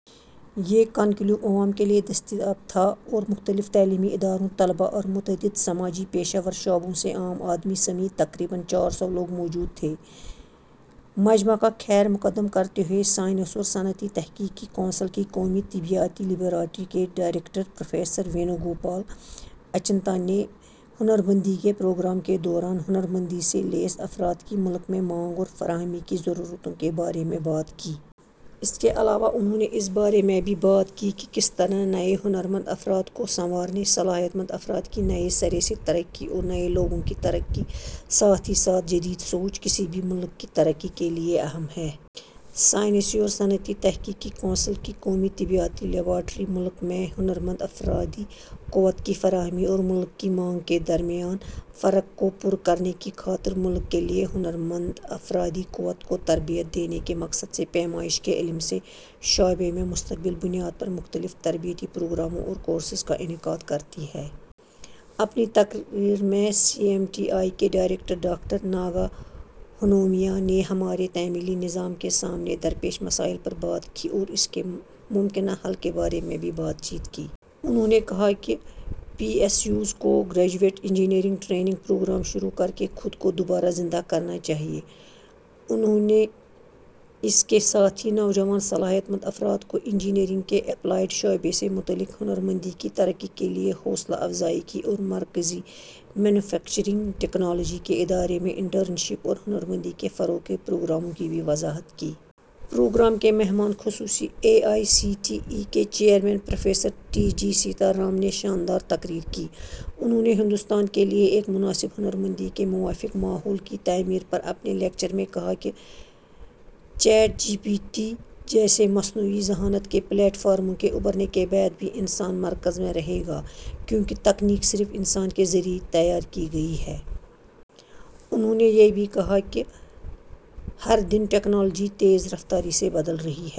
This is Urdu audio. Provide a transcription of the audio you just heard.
یہ کانکلیو عوام کے لیے دستیاب تھا اور مختلف تعلیمی اداروں، طلبا اور متعدد سماجی، پیشہ ور شعبوں سے عام آدمی سمیت تقریباً چار سو لوگ موجود تھے۔ مجمع کا خیر مقدم کرتے ہوئے سائنسی اور صنعتی تحقیق کی کونسل کی قومی طبیعیاتی لیبارٹری کے ڈائریکٹر پروفیسر وینو گوپال اچنتا نے ہنرمندی کے پروگرام کے دوران، ہنرمندی سے لیس افراد کی ملک میں مانگ اور فراہمی کی ضرورتوں کے بارے میں بات کی۔ اس کے علاوہ انہوں نے اس بارے میں بھی بات کی کہ کس طرح نئے ہنرمند افراد کو سنوارنے، صلاحیت مند افراد کی نئے سرے سے ترقی اور نئے لوگوں کی ترقی، ساتھ ہی ساتھ جدید سوچ، کسی بھی ملک کی ترقی کے لیے اہم ہے۔ سائنسی اور صنعتی تحقیق کی کونسل کی قومی طبیعیاتی لیبارٹری ملک میں ہنرمند افرادی قوت کی فراہمی اور ملک کی مانگ کے درمیان فرق کو پُر کرنے کی خاطر ملک کے لیے ہنرمند افرادی قوت کو تربیت دینے کے مقصد سے پیمائش کے علم کے شعبے میں مستقل بنیاد پر مختلف تربیتی پروگراموں اور کورسز کا انعقاد کرتی ہے۔ اپنی تقریر میں سی ایم ٹی آئی کے ڈائریکٹر ڈاکٹر ناگا ہنومیا نے ہمارے تعلیمی نظام کے سامنے درپیش مسائل پر بات کی اور اس کے ممکنہ حل کے بارے میں بھی بات چیت کی۔ انہوں نے کہا کہ پی ایس یوز کو گریجویٹ انجینئرنگ ٹریننگ پروگرام شروع کرکے خود کو دوبارہ زندہ کرنا چاہیے۔ انہوں نے اس کے ساتھ ہی نوجوان صلاحیت مند افراد کو انجینئرنگ کے اپلائیڈ شعبے سے متعلق ہنرمندی کی ترقی کے لیے حوصلہ افزائی کی اور مرکزی مینوفیکچرنگ ٹیکنالوجی کے ادارے میں انٹرن شپ اور ہنرمندی کے فروغ کے پروگراموں کی بھی وضاحت کی۔ پروگرام کے مہمان خصوصی A I C T E کے chairman professor T G Sitharam نے شاندار تقریر کی۔ انہوں نے ہندوستان کے لیے ایک مناسب ہنرمندی کے موافق ماحول کی تعمیر پر اپنے لیکچر میں کہا کہ چیٹ جی پی ٹی جیسے مصنوعی ذہانت کے پلیٹ فارموں کے ابھرنے کے بعد بھی انسان مرکز میں رہے گا، کیونکہ تکنیک صرف انسان کے ذریعے تیار کی گئی ہے۔ انہوں نے یہ بھی کہا کہ ہر دن ٹیکنالوجی تیز رفتاری سے بدل رہی ہے۔